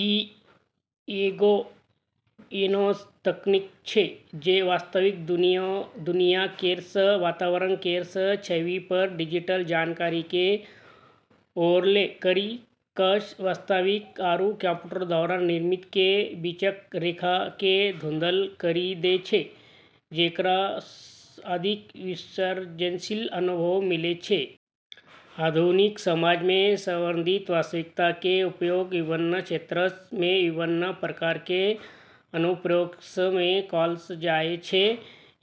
ई एगो ऐन्हऽ तकनीक छै जे वास्तविक दुनिया केरऽ वातावरण केरऽ छवि पर डिजिटल जानकारी के ओवरले करी कऽ वास्तविक आरू कंप्यूटर द्वारा निर्मित के बीचक रेखा के धुंधला करी दै छै, जेकरा सऽ अधिक विसर्जनशील अनुभव मिलै छै। आधुनिक समाज मे संवर्धित वास्तविकता के उपयोग विभिन्न क्षेत्रऽ मे विभिन्न प्रकार के अनुप्रयोगऽ मे करलऽ जाय छै।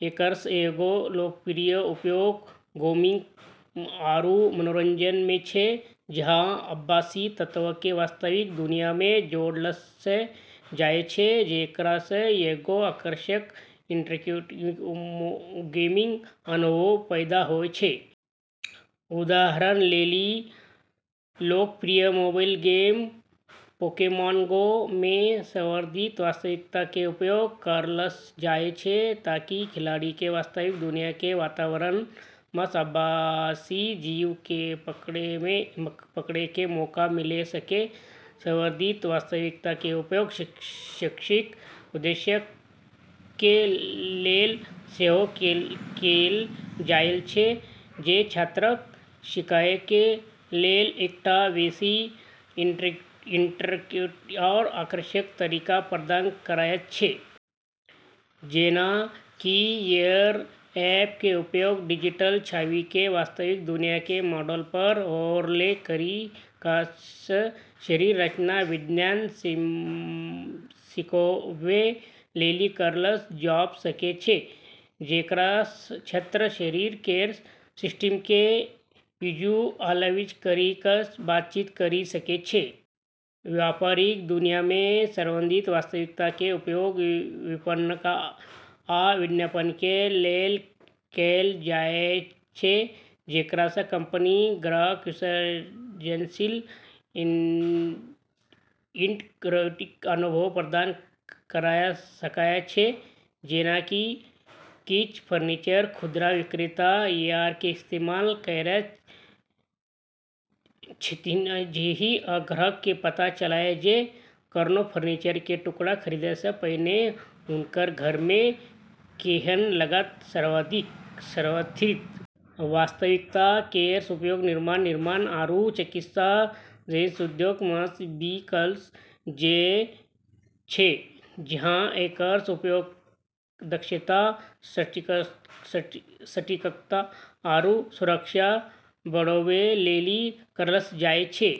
एकरऽ एगो लोकप्रिय उपयोग गेमिंग आरू मनोरंजन मे छै, जहाँ आभासी तत्व के वास्तविक दुनिया मे जोड़लऽ जाय छै, जेकरा सऽ एगो आकर्षक, इंटरैक्टिव गेमिंग अनुभव पैदा होय छै। उदाहरण लेली, लोकप्रिय मोबाइल गेम पोकेमॉन गो मे संवर्धित वास्तविकता के उपयोग करलऽ जाय छै ताकि खिलाड़ी के वास्तविक दुनिया के वातावरण मऽ आभासी जीव के पकड़ै के मौका मिल सकै। संवर्धित वास्तविकता के उपयोग शैक्षिक उद्देश्यक के लेल सेहो कैल जायत छै, जे छात्रक सीखय के लेल एकटा बेसि इंटरैक्टिव आ आकर्षक तरीका प्रदान करयत छै। जेना कि एआर ऐप के उपयोग डिजिटल छवि के वास्तविक दुनिया के मॉडल पर ओवरले करी कऽ शरीर रचना विज्ञान सिखाबै लेली करलऽ जाब सकै छै, जेकरा सऽ छात्र शरीर केरऽ सिस्टम के विजुअलाइज करी कऽ बातचीत करी सकै छै। व्यापारिक दुनिया मे संवर्धित वास्तविकता के उपयोग विपणन आ विज्ञापन के लेल कैल जायत छै, जेकरा सं कंपनी ग्राहकक विसर्जनशील, इंटरैक्टिव अनुभव प्रदान करय सकय छै। जेना कि किछ फर्नीचर खुदरा विक्रेता एआर के इस्तेमाल करैत छथिन्ह जेहि सं ग्राहक के पता चलय जे कोनो फर्नीचर के टुकड़ा खरीदय सऽ पहिने हुनकर घर मे केहन लागत ।संवर्धित वास्तविकता केरऽ उपयोग निर्माण, निर्माण, आरू चिकित्सा जैसनऽ उद्योगऽ मऽ भी करलऽ जाय छै, जहां एकरऽ उपयोग दक्षता, सटीकता, आरू सुरक्षा बढ़ाबै लेली करलऽ जाय छै।